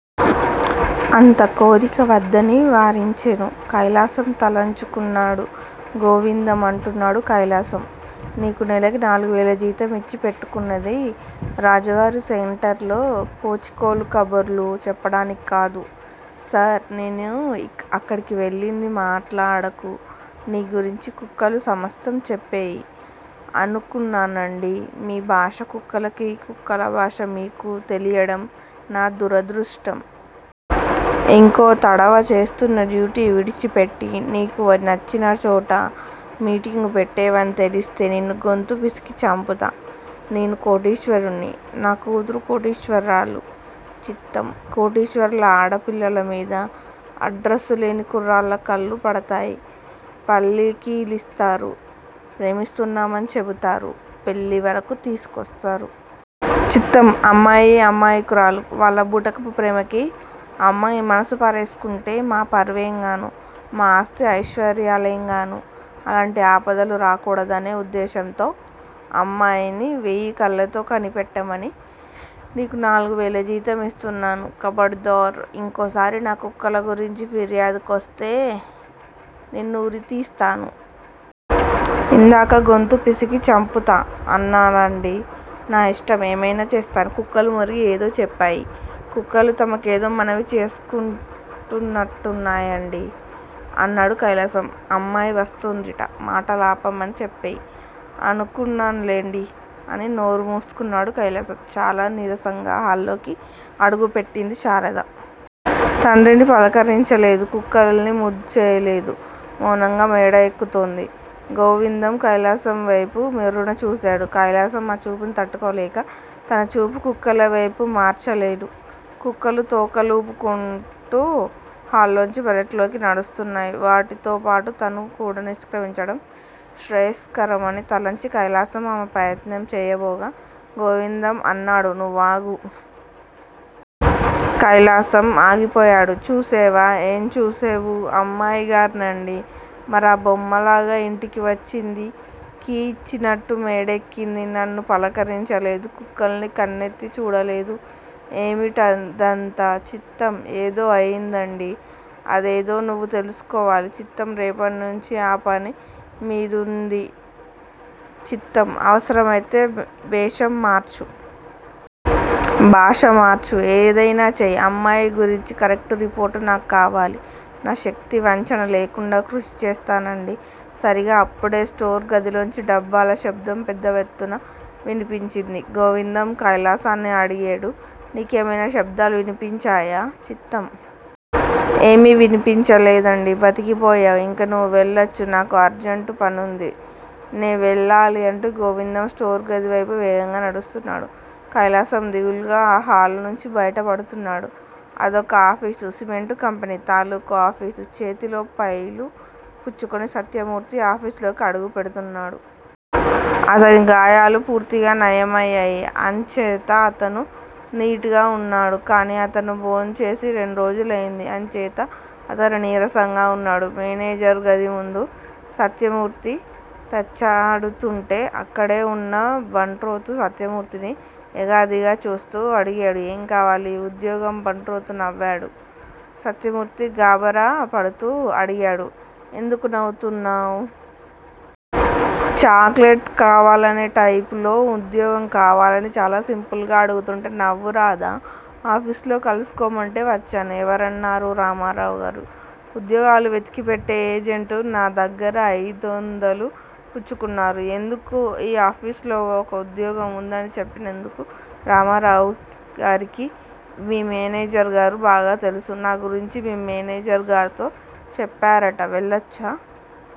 అంత కోరిక వద్దని వారించేను. కైలాసం తలొంచుకున్నాడు. గోవిందం అంటున్నాడు కైలాసం! నీకు నెలకి నాలుగు వేలు జీతమిచ్చి పెట్టుకున్నది రాజుగారి సెంటర్లో పోచికోలు ఖబుర్లు చెప్పడాని క్కాదు! సార్! నేను అక్కడికి వెళ్లింది మాట్లాడకు! నీ గురించి కుక్కలు సమస్తం చెప్పేయి! అనుకున్నానండీ! మీ భాష కుక్కలకీ, కుక్కల భాష మీకూ తీలీయాడం నా దురదృష్టం! ఇంకో తడవ చేస్తున్న డ్యూటీ విడిచిపెట్టి నీకు నచ్చిన చోట మీటింగు పెట్టేవని తెలుస్తే నిన్ను గొంతు పిసికి చంపుతా! నేను కోటీశ్వరుణ్ని. నా కూతురు కోటీశ్వరురాలు! చిత్తం! కోటీశ్వరుల ఆడపిల్లల మీద అడ్రస్సు లేని కుర్రాళ్ల కళ్లు పడతాయి. పళ్లికిలిస్తారు. ప్రేమిస్తున్నామని చెబుతారు. పెళ్లివరకు తీసుకొస్తారు. చిత్తం! అమ్మాయి అమాయకురాలు. వాళ్ల బూటకపు ప్రేమకి అమ్మాయి మనసు పారేసుకుంటే, మా పరువేంగాను? మా ఆస్తీ, ఐశ్వర్యలేంగాను? అల్లాంటి ఆపదలు రాకూడదనే ఉద్దేశంతో అమ్మాయిని వెయ్యి కళ్లతో కనిపెట్టమని నీకు నాలుగు వేల జీత మిస్తున్నాను. ఖబడ్దార్! ఇంకోసారి నా కుక్కల నుంచి ఫేర్యాదులోస్తే నిన్ను ఉరితీస్తాను. ఇందాక గొంతు పిసికి చంపుతా అన్నారండి! నా ఇష్టం! ఏమైనా చేస్తాను! కుక్కలు మొరిగి ఏదో చెప్పాయి. కుక్కలు తమ కేదో మనవి చేసుకుంటున్నాయండి! అన్నాడు కైలాసం. అమ్మాయి వస్తోందిట మాటలాపమని చెప్పేయి. అనుకున్నాన్లేండి! అని నోరు మూసుకున్నాడు కైలాసం. చాలా నీరసంగా హాల్లోకి అడుగుపెట్టింది శారద. తండ్రిని పలకరించలేదు. కుక్కల్ని ముద్దు చేయలేదు. మౌనంగా మేడ ఎక్కుతోంది! గోవిందం కైలాసం వేపు మిర్రున చూసేడు. కైలాసం ఆ చూపుని తట్టుకోలేక, తన చూపు కుక్కల వేపు మరల్చేడు. కుక్కలు తోక లూపుకుంటో హాల్లోంచి పెరట్లోకి నడుస్తున్నాయి వాటితోపాటు తాను కూడా నిష్ర్కమించడం శ్రేయస్కరమని తలచి కైలాసం ఆ ప్రయత్నం చేయబోగా గోవిందం అన్నాడు- నువ్వాగు! కైలాసం ఆగిపోయాడు. చూసేవా? ఏం చూసేవు? అమ్మాయి గార్నండి! మర బొమ్మలాగా ఇంటికి వచ్చింది. కీ ఇచ్చినట్టు మేడెక్కింది. నన్ను పలకరించలేదు. కుక్కల్ని కన్నెత్తి చూడలేదు. ఏమిటిదంతా? చిత్తం! ఏదో అయ్యిందండి! అదేదో నువ్వు తెలుసుకోవాలి! చిత్తం! రేపట్నించి ఆ పని మీదుండు! చిత్తం! అవసరమైతే వేషం మార్చు. భాష మార్చు. ఏదైనా చెయ్యి! అమ్మాయి గురించి కరెక్టు రిపోర్టు నాకు కావాలి! నా శక్తి వంచన లేకుండా కృషి చేస్తానండి! సరిగా అప్పుడే స్టోరు గదిలోంచి డబ్బాల శబ్దం పెద్ద ఎత్తున వినిపించింది. గోవిందం కైలాసాన్ని అడిగేడు నీకు ఏవైనా శబ్దాలు వినిపించేయా? చిత్తం! ఏమీ వినిపించలేదండి. బతికి పోయావ్! ఇంక నువ్వు వెళ్లచ్చు! నాకు అర్జంటు పనుంది. నేవెళ్లాలి! అంటూ గోవిందం స్టోరు గది వైపు వేగంగా నడుస్తున్నాడు. కైలాసం దిగులుగా ఆ హాలు నుంచి బయట పడుతున్నాడు. అదొక ఆఫీసు. సిమెంటు కంపెనీ తాలూకు ఆఫీసు! చేతిలో ఫైలు పుచ్చుకుని సత్యమూర్తి ఆ ఆఫీసులోకి అడుగు పెడుతున్నాడు. అతని గాయాలుపూర్తిగా నయమయ్యేయి. అంచేత అతను నీటుగా వున్నాడు. కానీ, అతను భోంచేసి రెండ్రోజులైంది. అంచేత అతను నీరసంగా వున్నాడు. మేనేజరు గది ముందు సత్యమూర్తి తచ్చాడుతుంటే, అక్కడే ఉన్న బంట్రోతు సత్యమూర్తిని ఎగాదిగా చూస్తో అడిగేడు ఏం కావాలి? ఉద్యోగం. బంట్రోతు నవ్వేడు. సత్యమూర్తి గాబరా పడుతూ అడిగేడు- ఎందుకు నవ్వుతావ్? చాక్ లెట్ కావాలనే టైపులో ఉద్యోగం కావాలని చాలా సింపుల్ గా అడుగుతుంటే నవ్వు రాదా? ఆఫీసులో కలుసుకోమంటే వచ్చేను. ఎవరన్నారు? రామారావుగారు. ఉద్యోగాలు వెతికి పెట్టె ఏజెంటు. నా దగ్గిర అయిదొందలు పుచ్చుకున్నారు. ఎందుకు ఈ ఆఫీసులో ఒక ఉద్యోగం వుందని చెప్పినందుకు. రామారావుగారికి మీ మేనేజరు గారు బాగా తెలుసు. నా గురించి మీ మేనేజరు గార్తో చెప్పేరట. వెళ్లచ్చా?